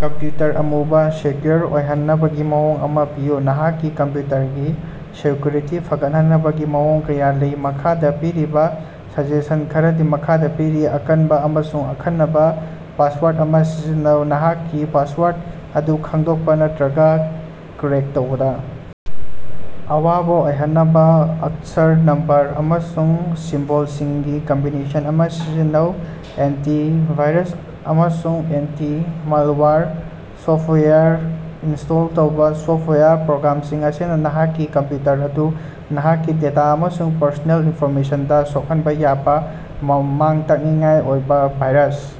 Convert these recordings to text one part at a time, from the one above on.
Computer ꯑꯃꯕꯨ secure ꯑꯣꯏꯍꯟꯅꯕꯒꯤ ꯃꯑꯣꯡ ꯑꯃꯥ ꯄꯤꯌꯨ꯫ ꯅꯍꯥꯛꯀꯤ ꯀꯝꯄꯌꯨꯇꯔꯒꯤ ꯁꯦꯛꯌꯨꯔꯤꯇꯤ ꯐꯒꯠꯍꯟꯅꯕꯒꯤ ꯃꯑꯣꯡ ꯀꯌꯥ ꯂꯩ꯫ ꯃꯈꯥꯗꯥ ꯄꯤꯔꯤꯕꯥ ꯁꯖꯦꯁꯟ ꯈꯔꯗꯤ ꯃꯈꯥꯗꯥ ꯄꯤꯔꯤ: ꯑꯀꯟꯕꯥ ꯑꯃꯁꯨꯡ ꯑꯈꯟꯅꯕ ꯄꯥꯁꯋꯥꯔꯗ ꯑꯃꯥ ꯁꯤꯖꯤꯟꯅꯧ: ꯅꯍꯥꯛꯀꯤ ꯄꯥꯁꯋꯥꯔꯗ ꯑꯗꯨ ꯈꯪꯗꯣꯛꯄꯥ ꯅꯠꯇꯔꯒ ꯀ꯭ꯔꯦꯛ ꯇꯧꯕꯗ ꯑꯋꯥꯕ ꯑꯣꯏꯍꯟꯅꯕ ꯑꯛꯁꯔ, ꯅꯝꯕꯔ ꯑꯃꯁꯨꯡ ꯁꯤꯝꯕꯣꯜꯁꯤꯡꯒꯤ ꯀꯝꯕꯤꯅꯦꯁꯟ ꯑꯃꯥ ꯁꯤꯖꯤꯟꯅꯧ꯫ ꯑꯦꯟꯇꯤ ꯚꯥꯏꯔꯁ ꯑꯃꯁꯨꯡ ꯑꯦꯟꯇꯤ ꯃꯥꯜꯋꯥꯌꯔ ꯁꯣꯐꯋꯥꯌꯔ ꯏꯟꯁ꯭ꯇꯣꯜ ꯇꯧꯕꯥ: ꯁꯣꯐꯋꯥꯌꯔ ꯄ꯭ꯔꯣꯒ꯭ꯔꯥꯝꯁꯤꯡ ꯑꯁꯤꯅ ꯅꯍꯥꯛꯀꯤ ꯀꯝꯄꯌꯨꯇꯔ ꯑꯗꯨ ꯅꯍꯥꯛꯀꯤ ꯗꯦꯇꯥ ꯑꯃꯁꯨꯡ ꯄꯔꯁꯣꯅꯦꯜ ꯏꯟꯐꯣꯔꯃꯦꯁꯟꯗ ꯁꯣꯛꯍꯟꯕ ꯌꯥꯕꯥ ꯃꯥꯡ-ꯇꯥꯛꯅꯤꯡꯉꯥꯏ ꯑꯣꯏꯕ ꯚꯥꯏꯔꯁ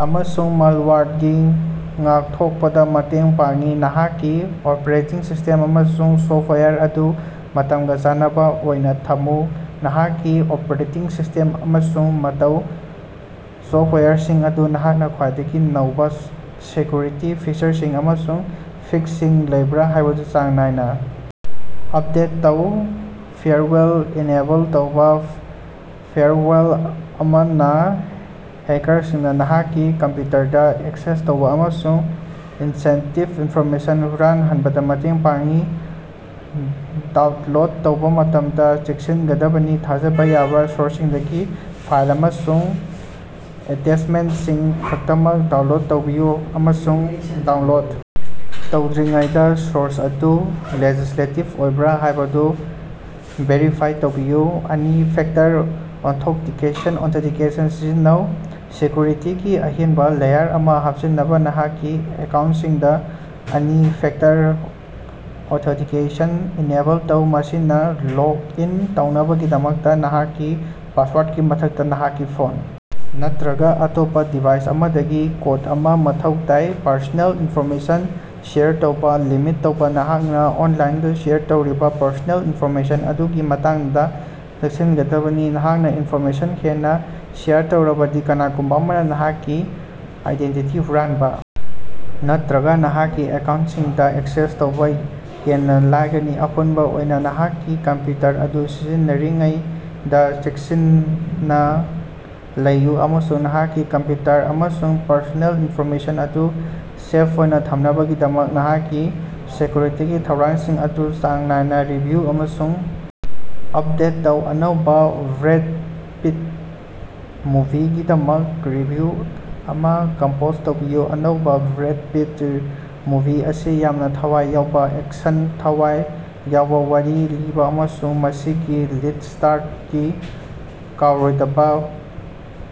ꯑꯃꯁꯨꯡ ꯃꯥꯜꯋꯥꯌꯔꯗꯒꯤ ꯉꯥꯛꯊꯣꯛꯄꯗ ꯃꯇꯦꯡ ꯄꯥꯡꯏ꯫ ꯅꯍꯥꯛꯀꯤ ꯑꯣꯄꯔꯦꯇꯤꯡ ꯁꯤꯁ꯭ꯇꯦꯝ ꯑꯃꯁꯨꯡ ꯁꯣꯐꯋꯥꯌꯔ ꯑꯗꯨ ꯃꯇꯝꯒꯥ ꯆꯥꯟꯅꯕꯥ ꯑꯣꯏꯅꯥ ꯊꯝꯃꯨ: ꯅꯍꯥꯛꯀꯤ ꯑꯣꯄꯔꯦꯇꯤꯡ ꯁꯤꯁ꯭ꯇꯦꯝ ꯑꯃꯁꯨꯡ ꯑꯇꯩ ꯁꯣꯐꯋꯥꯌꯔꯁꯤꯡ ꯑꯗꯨ ꯅꯍꯥꯛꯅ ꯈ꯭ꯋꯥꯏꯗꯒꯤ ꯅꯧꯕꯥ ꯁꯦꯛꯌꯨꯔꯤꯇꯤ ꯐꯤꯆꯔꯁꯤꯡ ꯑꯃꯁꯨꯡ ꯐꯤꯛꯁꯁꯤꯡ ꯂꯩꯕ꯭ꯔꯥ ꯍꯥꯏꯕꯗꯨ ꯆꯥꯡ ꯅꯥꯏꯅꯥ ꯑꯞꯗꯦꯠ ꯇꯧ꯫ ꯐꯥꯏꯔꯋꯥꯜ ꯏꯅꯦꯕꯜ ꯇꯧꯕꯥ: ꯐꯥꯏꯔꯋꯥꯜ ꯑꯃꯅꯥ ꯍꯦꯀꯥꯔꯁꯤꯡꯅꯥ ꯅꯍꯥꯛꯀꯤ ꯀꯝꯄꯌꯨꯇꯔꯗꯥ ꯑꯦꯛꯁꯦꯁ ꯇꯧꯕꯥ ꯑꯃꯁꯨꯡ ꯁꯦꯟꯁꯤꯇꯤꯚ ꯏꯟꯐꯣꯔꯃꯦꯁꯟ ꯍꯨꯔꯥꯟꯕꯗꯥ ꯃꯇꯦꯡ ꯄꯥꯡꯏ꯫ ꯗꯥꯎꯟꯂꯣꯗ ꯇꯧꯕ ꯃꯇꯝꯗ ꯆꯦꯛꯁꯤꯟꯒꯗꯕꯅꯤ: ꯊꯥꯖꯕ ꯌꯥꯕꯥ ꯁꯣꯔꯁꯁꯤꯡꯗꯒꯤ ꯐꯥꯏꯜ ꯑꯃꯁꯨꯡ ꯑꯦꯇꯦꯆꯃꯦꯟꯠꯁꯤꯡ ꯈꯛꯇꯃꯛ ꯗꯥꯎꯟꯂꯣꯗ ꯇꯧꯕꯤꯌꯨ, ꯑꯃꯁꯨꯡ ꯗꯥꯎꯟꯂꯣꯗ ꯇꯧꯗ꯭ꯔꯤꯉꯩꯗꯥ ꯁꯣꯔꯁ ꯑꯗꯨ ꯂꯦꯖꯤꯁ꯭ꯂꯦꯇꯤꯕ ꯑꯣꯏꯕ꯭ꯔꯥ ꯍꯥꯏꯕꯗꯨ ꯚꯦꯔꯤꯐꯥꯏ ꯇꯧꯕꯤꯌꯨ꯫ ꯑꯅꯤ ꯐꯦꯛꯇꯔ ꯑꯣꯊꯦꯟꯇꯤꯀꯦꯁꯟ ꯁꯤꯖꯤꯟꯅꯧ: ꯁꯦꯛꯌꯨꯔꯤꯇꯤꯒꯤ ꯑꯍꯦꯟꯕꯥ ꯂꯦꯌꯔ ꯑꯃꯥ ꯍꯥꯞꯆꯤꯟꯅꯕꯥ ꯅꯍꯥꯛꯀꯤ ꯑꯦꯀꯥꯎꯟꯠꯁꯤꯡꯗꯥ ꯑꯅꯤ ꯐꯦꯛꯇꯔ ꯑꯣꯊꯦꯟꯇꯤꯀꯦꯁꯟ ꯏꯅꯦꯕꯜ ꯇꯧ꯫ ꯃꯁꯤꯅꯥ ꯂꯣꯒ ꯏꯟ ꯇꯧꯅꯕꯒꯤꯗꯃꯛꯇꯥ ꯅꯍꯥꯛꯀꯤ ꯄꯥꯁꯋꯥꯔꯗꯀꯤ ꯃꯊꯛꯇꯥ, ꯅꯍꯥꯛꯀꯤ ꯐꯣꯟ ꯅꯠꯇꯔꯒꯥ ꯑꯇꯣꯞꯄꯥ ꯗꯤꯚꯥꯏꯁ ꯑꯃꯗꯒꯤ ꯀꯣꯗ ꯑꯃꯥ ꯃꯊꯧ ꯇꯥꯏ꯫ ꯄꯔꯁꯣꯅꯦꯜ ꯏꯟꯐꯣꯔꯃꯦꯁꯟ ꯁꯦꯌꯔ ꯇꯧꯕꯥ ꯂꯤꯃꯤꯠ ꯇꯧꯕꯥ: ꯅꯍꯥꯛꯅꯥ ꯑꯣꯟꯂꯥꯏꯟꯗꯥ ꯁꯦꯌꯔ ꯇꯧꯔꯤꯕ ꯄꯔꯁꯣꯅꯦꯜ ꯏꯟꯐꯣꯔꯃꯦꯁꯟ ꯑꯗꯨꯒꯤ ꯃꯇꯥꯡꯗꯥ ꯆꯦꯛꯁꯤꯟꯒꯗꯕꯅꯤ꯫ ꯅꯍꯥꯛꯅ ꯏꯟꯐꯣꯔꯃꯦꯁꯟ ꯍꯦꯟꯅ ꯁꯦꯌꯔ ꯇꯧꯔꯕꯗꯤ, ꯀꯅꯥꯒꯨꯝꯕ ꯑꯃꯅꯥ ꯅꯍꯥꯛꯀꯤ ꯑꯥꯏꯗꯦꯟꯇꯤꯇꯤ ꯍꯨꯔꯥꯟꯕꯥ ꯅꯠꯇꯔꯒ ꯅꯍꯥꯛꯀꯤ ꯑꯦꯀꯥꯎꯟꯇꯁꯤꯡꯗ ꯑꯦꯛꯁꯦꯁ ꯇꯧꯕ ꯍꯦꯟꯅ ꯂꯥꯏꯒꯅꯤ꯫ ꯑꯄꯨꯟꯕꯥ ꯑꯣꯏꯅꯥ, ꯅꯍꯥꯛꯀꯤ ꯀꯝꯄꯌꯨꯇꯔ ꯑꯗꯨ ꯁꯤꯖꯤꯟꯅꯔꯤꯉꯩꯗ ꯆꯦꯛꯁꯤꯟꯅꯥ ꯂꯩꯌꯨ ꯑꯃꯁꯨꯡ ꯅꯍꯥꯛꯀꯤ ꯀꯝꯄꯌꯨꯇꯔ ꯑꯃꯁꯨꯡ ꯄꯔꯁꯣꯅꯦꯜ ꯏꯟꯐꯣꯔꯃꯦꯁꯟ ꯑꯗꯨ ꯁꯦꯐ ꯑꯣꯏꯅ ꯊꯝꯅꯕꯒꯤꯗꯃꯛ ꯅꯍꯥꯛꯀꯤ ꯁꯦꯛꯌꯨꯔꯤꯇꯤꯒꯤ ꯊꯧꯔꯥꯡꯁꯤꯡ ꯑꯗꯨ ꯆꯥꯡ ꯅꯥꯏꯅꯥ ꯔꯤꯚꯤꯌꯨ ꯑꯃꯁꯨꯡ ꯑꯞꯗꯦꯠ ꯇꯧ꯫ ꯑꯅꯧꯕꯥ ꯕ꯭ꯔꯦꯗ ꯄꯤꯠ ꯃꯨꯚꯤꯒꯤꯗꯃꯛ ꯔꯤꯚꯤꯌꯨ ꯑꯃꯥ ꯀꯝꯄꯣꯖ ꯇꯧꯕꯤꯌꯨ꯫ ꯑꯅꯧꯕꯥ ꯕ꯭ꯔꯦꯗ ꯄꯤꯠ ꯃꯨꯚꯤ ꯑꯁꯤ ꯌꯥꯝꯅꯥ ꯊꯋꯥꯏ ꯌꯥꯎꯕ ꯑꯦꯛꯁꯟ, ꯊꯋꯥꯏ ꯌꯥꯎꯕ ꯋꯥꯔꯤ ꯂꯤꯕꯥ, ꯑꯃꯁꯨꯡ ꯃꯁꯤꯒꯤ ꯂꯤꯗ ꯁ꯭ꯇꯥꯔꯗꯒꯤ ꯀꯥꯎꯔꯣꯏꯗꯕ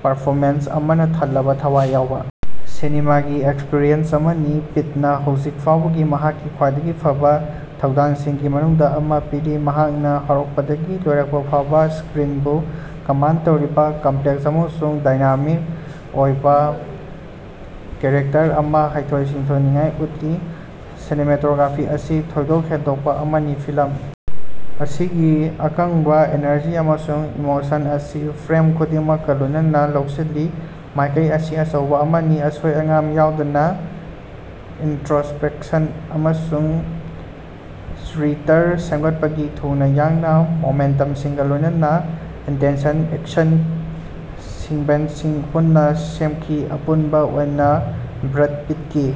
ꯄꯔꯐꯣꯃꯦꯟꯁ ꯑꯃꯅ ꯊꯜꯂꯕꯥ ꯊꯋꯥꯏ ꯌꯥꯎꯕꯥ ꯁꯤꯅꯦꯃꯥꯒꯤ ꯑꯦꯛꯁꯄꯔꯤꯌꯦꯟꯁ ꯑꯃꯅꯤ꯫ ꯄꯤꯠꯅꯥ ꯍꯧꯖꯤꯛ ꯐꯥꯎꯕꯒꯤ ꯃꯍꯥꯛꯀꯤ ꯈ꯭ꯋꯥꯏꯗꯒꯤ ꯐꯕꯥ ꯊꯧꯗꯥꯡꯁꯤꯡꯒꯤ ꯃꯅꯨꯡꯗꯥ ꯑꯃꯥ ꯄꯤꯔꯤ, ꯃꯍꯥꯛꯅꯥ ꯍꯧꯔꯛꯄꯗꯒꯤ ꯂꯣꯏꯔꯛꯄꯐꯥꯎꯕꯥ ꯁ꯭ꯀꯔꯤꯟꯕꯨ ꯀꯝꯃꯥꯟꯗ ꯇꯧꯔꯤꯕꯥ ꯀꯝꯄꯂꯦꯛꯁ ꯑꯃꯁꯨꯡ ꯗꯥꯏꯅꯥꯃꯤꯛ ꯑꯣꯏꯕ ꯀꯦꯔꯦꯛꯇꯔ ꯑꯃꯥ ꯍꯩꯊꯣꯏ-ꯁꯤꯡꯊꯣꯏꯅꯥ ꯎꯠꯂꯤ꯫ ꯁꯤꯅꯦꯃꯥꯇꯣꯒ꯭ꯔꯥꯐꯤ ꯑꯁꯤ ꯊꯣꯏꯗꯣꯛ ꯍꯦꯟꯗꯣꯛꯄꯥ ꯑꯃꯅꯤ, ꯐꯤꯂꯝ ꯑꯁꯤꯒꯤ ꯑꯀꯪꯕꯥ ꯏꯅꯔꯖꯤ ꯑꯃꯁꯨꯡ ꯏꯃꯣꯁꯟ ꯑꯁꯤ ꯐ꯭ꯔꯦꯝ ꯈꯨꯗꯤꯡꯃꯛꯀꯥ ꯂꯣꯏꯅꯅꯥ ꯂꯧꯁꯤꯜꯂꯤ꯫ ꯃꯥꯏꯀꯩ ꯑꯁꯤ ꯑꯆꯧꯕꯥ ꯑꯃꯅꯤ, ꯑꯁꯣꯏ-ꯑꯉꯥꯝ ꯌꯥꯎꯗꯅ ꯏꯟꯇꯔꯣꯁ꯭ꯄꯦꯛꯁꯟ ꯑꯃꯁꯨꯡ ꯆꯔꯤꯇꯔ ꯁꯦꯝꯒꯠꯄꯒꯤ ꯊꯨꯅꯥ ꯌꯥꯡꯅꯥ ꯃꯣꯃꯦꯟꯇꯝꯁꯤꯡꯒ ꯂꯣꯏꯅꯅꯥ ꯏꯟꯇꯦꯟꯁꯟ ꯑꯦꯛꯁꯟ ꯁꯤꯛꯕꯦꯟꯁꯁꯤꯡ ꯄꯨꯟꯅ ꯁꯦꯝꯈꯤ꯫ ꯑꯄꯨꯟꯕ ꯑꯣꯏꯅ ꯕ꯭ꯔꯗ ꯄꯤꯠꯀꯤ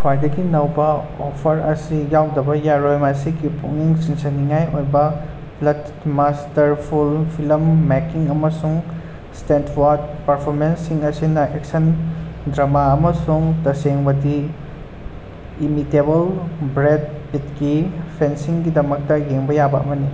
ꯈ꯭ꯋꯥꯏꯗꯒꯤ ꯅꯧꯕ ꯑꯣꯐꯔ ꯑꯁꯤ ꯌꯥꯎꯗꯕꯥ ꯌꯥꯔꯣꯏ꯫ ꯃꯁꯤꯒꯤ ꯄꯨꯛꯅꯤꯡ ꯆꯤꯡꯁꯤꯟꯅꯤꯡꯉꯥꯏ ꯑꯣꯏꯕ ꯄ꯭ꯂꯠ, ꯃꯥꯁ꯭ꯇꯔꯐꯨꯜ ꯐꯤꯂꯝ ꯃꯦꯀꯤꯡ, ꯑꯃꯁꯨꯡ ꯁ꯭ꯇꯦꯟꯗꯑꯥꯎꯠ ꯄꯔꯐꯣꯃꯦꯟꯁꯁꯤꯡ ꯑꯁꯤꯅ ꯑꯦꯛꯁꯟ, ꯗ꯭ꯔꯃꯥ ꯑꯃꯁꯨꯡ ꯇꯁꯦꯡꯕꯗꯤ, ꯏꯃꯤꯇꯦꯕꯜ ꯕ꯭ꯔꯦꯗ ꯄꯤꯠꯀꯤ ꯐꯦꯟꯁꯤꯡꯒꯤꯗꯃꯛꯇꯥ ꯌꯦꯡꯕꯥ ꯌꯥꯕꯥ ꯑꯃꯅꯤ꯫